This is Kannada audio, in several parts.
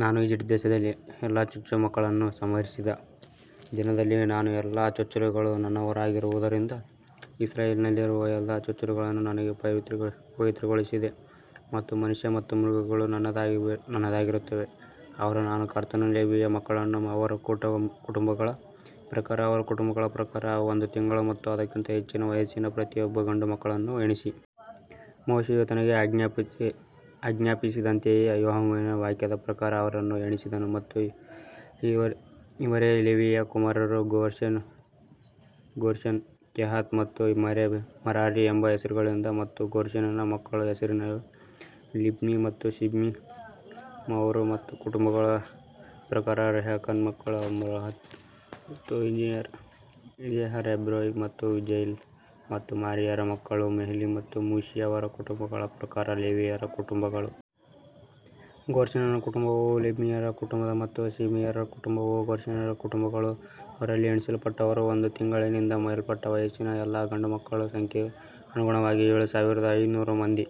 ನಾನು ಈಜಿಪ್ಟ್ ದೇಶದಲ್ಲಿ ಎಲ್ಲಾ ಚೊಚ್ಚಲ ಮಕ್ಕಳನ್ನು ಸಂಹರಿಸಿದ ದಿನದಲ್ಲಿ ನಾನು ಎಲ್ಲಾ ಚೊಚ್ಚಲುಗಳು ನನ್ನವರಾಗಿರುವದರಿಂದ ಇಸ್ರಾಯೇಲಿನಲ್ಲಿರುವ ಎಲ್ಲಾ ಚೊಚ್ಚಲುಗಳನ್ನು ನನಗೆ ಪವಿತ್ರಗೊಳಿಸಿದೆ ಮತ್ತು ಮನುಷ್ಯ ಮತ್ತು ಮೃಗಗಳು ನನ್ನದಾಗಿರುತ್ತವೆ, ಅವರು ನಾನು ಕರ್ತನು. ಲೇವಿಯ ಮಕ್ಕಳನ್ನು ಅವರ ಕುಟುಂಬಗಳ ಪ್ರಕಾರ ಅವರ ಕುಟುಂಬಗಳ ಪ್ರಕಾರ ಒಂದು ತಿಂಗಳು ಮತ್ತು ಅದಕ್ಕಿಂತ ಹೆಚ್ಚಿನ ವಯಸ್ಸಿನ ಪ್ರತಿಯೊಬ್ಬ ಗಂಡು ಮಕ್ಕಳನ್ನು ಎಣಿಸಿ. ಮೋಶೆಯು ತನಗೆ ಆಜ್ಞಾಪಿಸಿದಂತೆಯೇ ಯೆಹೋವನ ವಾಕ್ಯದ ಪ್ರಕಾರ ಅವರನ್ನು ಎಣಿಸಿದನು ಮತ್ತು ಇವರೇ ಲೇವಿಯ ಕುಮಾರರು ಗೇರ್ಷೋನ್, ಕೆಹಾತ್ ಮತ್ತು ಮೆರಾರಿ ಎಂಬ ಹೆಸರುಗಳಿಂದ ಮತ್ತು ಗೇರ್ಷೋನನ ಮಕ್ಕಳ ಹೆಸರುಗಳು ಲಿಬ್ನಿ ಮತ್ತು ಶಿಮ್ಮೀ ಮತ್ತು ಅವರ ಕುಟುಂಬಗಳ ಪ್ರಕಾರ ಕೆಹಾತನ ಮಕ್ಕಳು ಅಮ್ರಾಮ್ ಮತ್ತು ಇಜೆಹರ್ ಹೆಬ್ರೋನ್ ಮತ್ತು ಉಜ್ಜೀಯೇಲ್ ಮತ್ತು ಮೆರಾರಿಯ ಮಕ್ಕಳು ಮಹ್ಲಿ ಮತ್ತು ಮೂಷಿ ಅವರ ಕುಟುಂಬಗಳ ಪ್ರಕಾರ ಲೇವಿಯರ ಕುಟುಂಬಗಳು. ಗೇರ್ಷೋನನ ಕುಟುಂಬವು ಲಿಬ್ನಿಯರ ಕುಟುಂಬ ಮತ್ತು ಶಿಮಿಯರ ಕುಟುಂಬವು ಗೇರ್ಷೋನ್ಯರ ಕುಟುಂಬಗಳು. ಅವರಲ್ಲಿ ಎಣಿಸಲ್ಪಟ್ಟವರು ಒಂದು ತಿಂಗಳಿನಿಂದ ಮೇಲ್ಪಟ್ಟ ವಯಸ್ಸಿನ ಎಲ್ಲಾ ಗಂಡುಮಕ್ಕಳ ಸಂಖ್ಯೆಗೆ ಅನುಗುಣವಾಗಿ ಏಳು ಸಾವಿರದ ಐನೂರು ಮಂದಿ.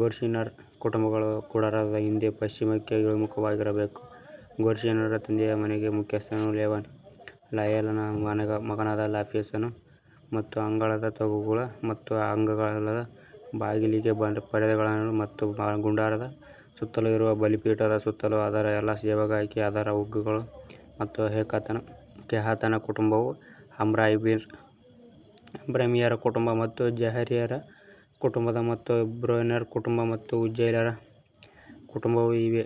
ಗೇರ್ಷೋನ್ಯರ ಕುಟುಂಬಗಳು ಗುಡಾರದ ಹಿಂದೆ ಪಶ್ಚಿಮಕ್ಕೆ ಇಳಿಮುಖವಾಗಬೇಕು ಗೇರ್ಷೋನ್ಯರ ತಂದೆಯ ಮನೆಯ ಮುಖ್ಯಸ್ಥನು ಲಾಯೇಲನ ಮಗನಾದ ಎಲೀಸಾಫನು ಮತ್ತು ಅಂಗಳದ ತೂಗುಗಳು ಮತ್ತು ಅಂಗಳದ ಬಾಗಿಲಿಗೆ ಪರದೆಗಳು ಮತ್ತು ಗುಡಾರದ ಸುತ್ತಲೂ ಇರುವ ಬಲಿಪೀಠದ ಸುತ್ತಲೂ ಅದರ ಎಲ್ಲಾ ಸೇವೆಗಾಗಿ ಅದರ ಹಗ್ಗಗಳು ಮತ್ತು ಕೆಹಾತನ ಕುಟುಂಬವು ಅಮ್ರಾಮಿಯರ ಕುಟುಂಬ ಮತ್ತು ಇಜೆಹಾರಿಯರ ಕುಟುಂಬ ಮತ್ತು ಹೆಬ್ರೋನ್ಯರ ಕುಟುಂಬ ಮತ್ತು ಉಜ್ಜೀಲ್ಯರ ಕುಟುಂಬ ಇವೇ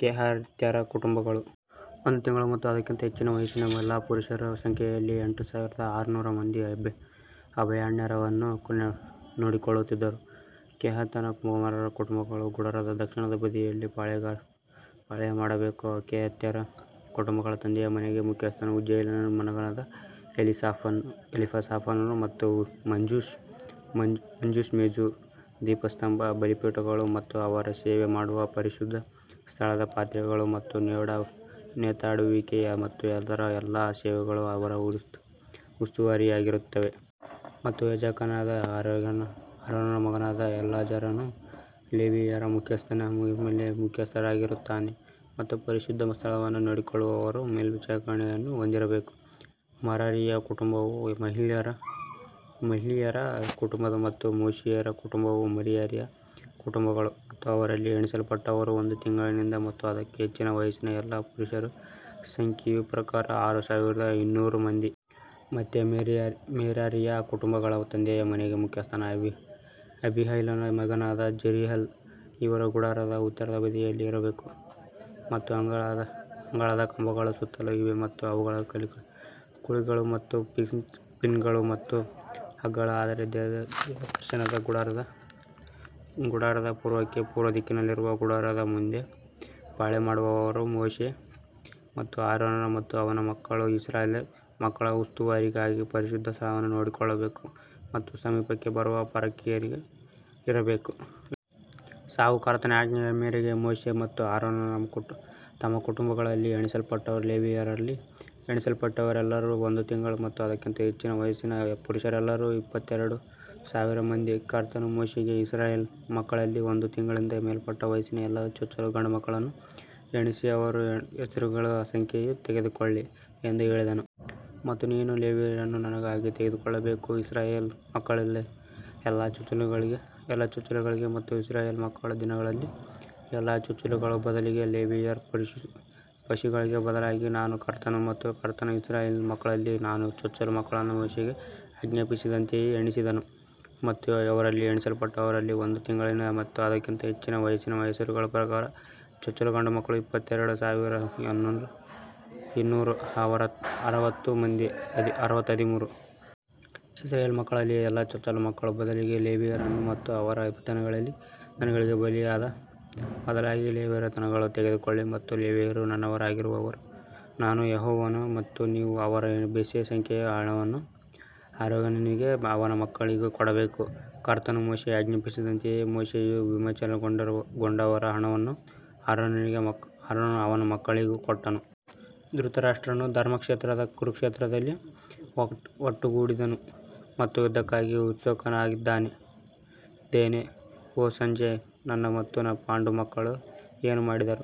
ಕೆಹಾತ್ಯರ ಕುಟುಂಬಗಳು. ಒಂದು ತಿಂಗಳು ಮತ್ತು ಅದಕ್ಕಿಂತ ಹೆಚ್ಚಿನ ವಯಸ್ಸಿನ ಎಲ್ಲಾ ಪುರುಷರ ಸಂಖ್ಯೆಯಲ್ಲಿ ಎಂಟು ಸಾವಿರದ ಆರು ನೂರು ಮಂದಿ ಅಭಯಾರಣ್ಯವನ್ನು ನೋಡಿಕೊಳ್ಳುತ್ತಿದ್ದರು. ಕೆಹಾತನ ಕುಮಾರರ ಕುಟುಂಬಗಳು ಗುಡಾರದ ದಕ್ಷಿಣದ ಬದಿಯಲ್ಲಿ ಪಾಳೆಯಮಾಡಬೇಕು ಕೆಹಾತ್ಯರ ಕುಟುಂಬಗಳ ತಂದೆಯ ಮನೆಯ ಮುಖ್ಯಸ್ಥನು ಉಜ್ಜೀಯೇಲನ ಮಗನಾದ ಎಲೀಸಾಫಾನನು. ಮತ್ತು ಮಂಜೂಷ, ಮೇಜು, ದೀಪಸ್ತಂಭ, ಬಲಿಪೀಠಗಳು ಮತ್ತು ಅವರು ಸೇವೆ ಮಾಡುವ ಪರಿಶುದ್ಧ ಸ್ಥಳದ ಪಾತ್ರೆಗಳು ಮತ್ತು ನೇತಾಡುವಿಕೆ ಮತ್ತು ಅದರ ಎಲ್ಲಾ ಸೇವೆಗಳು ಅವರ ಉಸ್ತುವಾರಿಯಾಗಿರುತ್ತವೆ. ಮತ್ತು ಯಾಜಕನಾದ ಆರೋನನ ಮಗನಾದ ಎಲ್ಲಾಜಾರನು ಲೇವಿಯರ ಮುಖ್ಯಸ್ಥನ ಮೇಲೆ ಮುಖ್ಯಸ್ಥನಾಗಿರುತ್ತಾನೆ ಮತ್ತು ಪರಿಶುದ್ಧ ಸ್ಥಳವನ್ನು ನೋಡಿಕೊಳ್ಳುವವರ ಮೇಲ್ವಿಚಾರಣೆಯನ್ನು ಹೊಂದಿರಬೇಕು. ಮೆರಾರಿಯ ಕುಟುಂಬವು ಮಹ್ಲೀಯರ ಕುಟುಂಬ ಮತ್ತು ಮೂಷಿಯರ ಕುಟುಂಬವು ಮೆರಾರಿಯ ಕುಟುಂಬಗಳು. ಮತ್ತು ಅವರಲ್ಲಿ ಎಣಿಸಲ್ಪಟ್ಟವರು ಒಂದು ತಿಂಗಳಿನಿಂದ ಮತ್ತು ಅದಕ್ಕಿಂತ ಹೆಚ್ಚಿನ ವಯಸ್ಸಿನ ಎಲ್ಲಾ ಪುರುಷರ ಸಂಖ್ಯೆಯ ಪ್ರಕಾರ ಆರು ಸಾವಿರದ ಇನ್ನೂರು ಮಂದಿ. ಮತ್ತು ಮೆರಾರಿಯ ಕುಟುಂಬಗಳ ತಂದೆಯ ಮನೆಯ ಮುಖ್ಯಸ್ಥನು ಅಬೀಹೈಲನ ಮಗನಾದ ಜುರಿಯಲ್, ಇವರು ಗುಡಾರದ ಉತ್ತರದ ಬದಿಯಲ್ಲಿ ಇಡಬೇಕು. ಮತ್ತು ಅಂಗಳದ ಕಂಬಗಳು ಸುತ್ತಲೂ ಇವೆ ಮತ್ತು ಅವುಗಳ ಕುಳಿಗಳು ಮತ್ತು ಪಿನ್ಗಳು ಮತ್ತು ಹಗ್ಗಗಳು ಆದರೆ ದೇವದರ್ಶನದ ಗುಡಾರದ ಪೂರ್ವಕ್ಕೆ ಪೂರ್ವದಿಕ್ಕಿನಲ್ಲಿರುವ ಗುಡಾರದ ಮುಂದೆ ಪಾಳೆಯಮಾಡುವವರು ಮೋಶೆ ಮತ್ತು ಆರೋನರು ಮತ್ತು ಅವನ ಮಕ್ಕಳು ಇಸ್ರಾಯೇಲ್ ಮಕ್ಕಳ ಉಸ್ತುವಾರಿಗಾಗಿ ಪರಿಶುದ್ಧ ಸ್ಥಳವನ್ನು ನೋಡಿಕೊಳ್ಳಬೇಕು ಮತ್ತು ಸಮೀಪಕ್ಕೆ ಬರುವ ಪರಕೀಯನಿಗೆ ಇಡಬೇಕು. ಸಾವು ಕರ್ತನ ಆಜ್ಞೆಯ ಮೇರೆಗೆ ಮೋಶೆ ಮತ್ತು ಆರೋನರು ತಮ್ಮ ಕುಟುಂಬಗಳಲ್ಲಿ ಎಣಿಸಲ್ಪಟ್ಟ ಲೇವಿಯರಲ್ಲಿ ಎಣಿಸಲ್ಪಟ್ಟವರೆಲ್ಲರೂ ಒಂದು ತಿಂಗಳು ಮತ್ತು ಅದಕ್ಕಿಂತ ಹೆಚ್ಚಿನ ವಯಸ್ಸಿನ ಪುರುಷರೆಲ್ಲರೂ ಇಪ್ಪತ್ತೆರಡು ಸಾವಿರ ಮಂದಿ. ಕರ್ತನು ಮೋಶೆಗೆ ಇಸ್ರಾಯೇಲ್ ಮಕ್ಕಳಲ್ಲಿ ಒಂದು ತಿಂಗಳಿಂದ ಮೇಲ್ಪಟ್ಟ ವಯಸ್ಸಿನ ಎಲ್ಲಾ ಚೊಚ್ಚಲ ಗಂಡುಮಕ್ಕಳನ್ನು ಎಣಿಸಿ ಅವರ ಹೆಸರುಗಳ ಸಂಖ್ಯೆಯನ್ನು ತೆಗೆದುಕೊಳ್ಳಿ ಎಂದು ಹೇಳಿದನು. ಮತ್ತು ನೀನು ಲೇವಿಯರನ್ನು ನನಗಾಗಿ ತೆಗೆದುಕೊಳ್ಳಬೇಕು, ಇಸ್ರಾಯೇಲ್ ಮಕ್ಕಳಲ್ಲಿ ಎಲ್ಲಾ ಚೊಚ್ಚಲುಗಳಿಗೆ ಮತ್ತು ಇಸ್ರಾಯೇಲ್ ಮಕ್ಕಳ ದನಗಳಲ್ಲಿ ಎಲ್ಲಾ ಚೊಚ್ಚಲುಗಳ ಬದಲಿಗೆ ಲೇವಿಯರ ಪಶುಗಳಿಗೆ ಬದಲಾಗಿ ನಾನು ಕರ್ತನು. ಮತ್ತು ಕರ್ತನು ಇಸ್ರಾಯೇಲ್ ಮಕ್ಕಳಲ್ಲಿ ಎಲ್ಲಾ ಚೊಚ್ಚಲ ಮಕ್ಕಳನ್ನು ಮೋಶೆಗೆ ಆಜ್ಞಾಪಿಸಿದಂತೆಯೇ ಎಣಿಸಿದನು ಮತ್ತು ಅವರಲ್ಲಿ ಎಣಿಸಲ್ಪಟ್ಟವರಲ್ಲಿ ಒಂದು ತಿಂಗಳಿಂದ ಮತ್ತು ಅದಕ್ಕಿಂತ ಹೆಚ್ಚಿನ ವಯಸ್ಸಿನ ಹೆಸರುಗಳ ಪ್ರಕಾರ ಎಲ್ಲಾ ಚೊಚ್ಚಲ ಗಂಡುಗಳು ಇಪ್ಪತ್ತೆರಡು ಸಾವಿರದ ಇನ್ನೂರ ಅರವತ್ತು ಹದಿಮೂರು. ಇಸ್ರಾಯೇಲ್ ಮಕ್ಕಳಲ್ಲಿ ಎಲ್ಲಾ ಚೊಚ್ಚಲ ಮಕ್ಕಳ ಬದಲಿಗೆ ಲೇವಿಯರನ್ನು ಮತ್ತು ಅವರ ದನಗಳಿಗೆ ಬದಲಾಗಿ ಲೇವಿಯರ ದನಗಳನ್ನು ತೆಗೆದುಕೊಳ್ಳಿ ಮತ್ತು ಲೇವಿಯರು ನನ್ನವರಾಗಿರುವರು, ನಾನು ಯೆಹೋವನು ಮತ್ತು ನೀವು ಅವರ ಬೆಸ ಸಂಖ್ಯೆಯ ಹಣವನ್ನು ಆರೋನನಿಗೂ ಅವನ ಮಕ್ಕಳಿಗೂ ಕೊಡಬೇಕು. ಕರ್ತನು ಮೋಶೆಗೆ ಆಜ್ಞಾಪಿಸಿದಂತೆ ಮೋಶೆಯು ವಿಮೋಚನೆಗೊಂಡವರ ಹಣವನ್ನು ಆರೋನನಿಗೂ ಅವನ ಮಕ್ಕಳಿಗೂ ಕೊಟ್ಟನು. ಧೃತರಾಷ್ಟ್ರನು ಧರ್ಮಕ್ಷೇತ್ರದ ಕುರುಕ್ಷೇತ್ರದಲ್ಲಿ ಒಟ್ಟುಗೂಡಿದನು ಮತ್ತು ಯುದ್ಧಕ್ಕಾಗಿ ಉತ್ಸುಕನಾಗಿದ್ದೇನೆ ಓ ಸಂಜಯ್ ನನ್ನ ಮತ್ತು ಪಾಂಡು ಮಕ್ಕಳು ಏನು ಮಾಡಿದರು.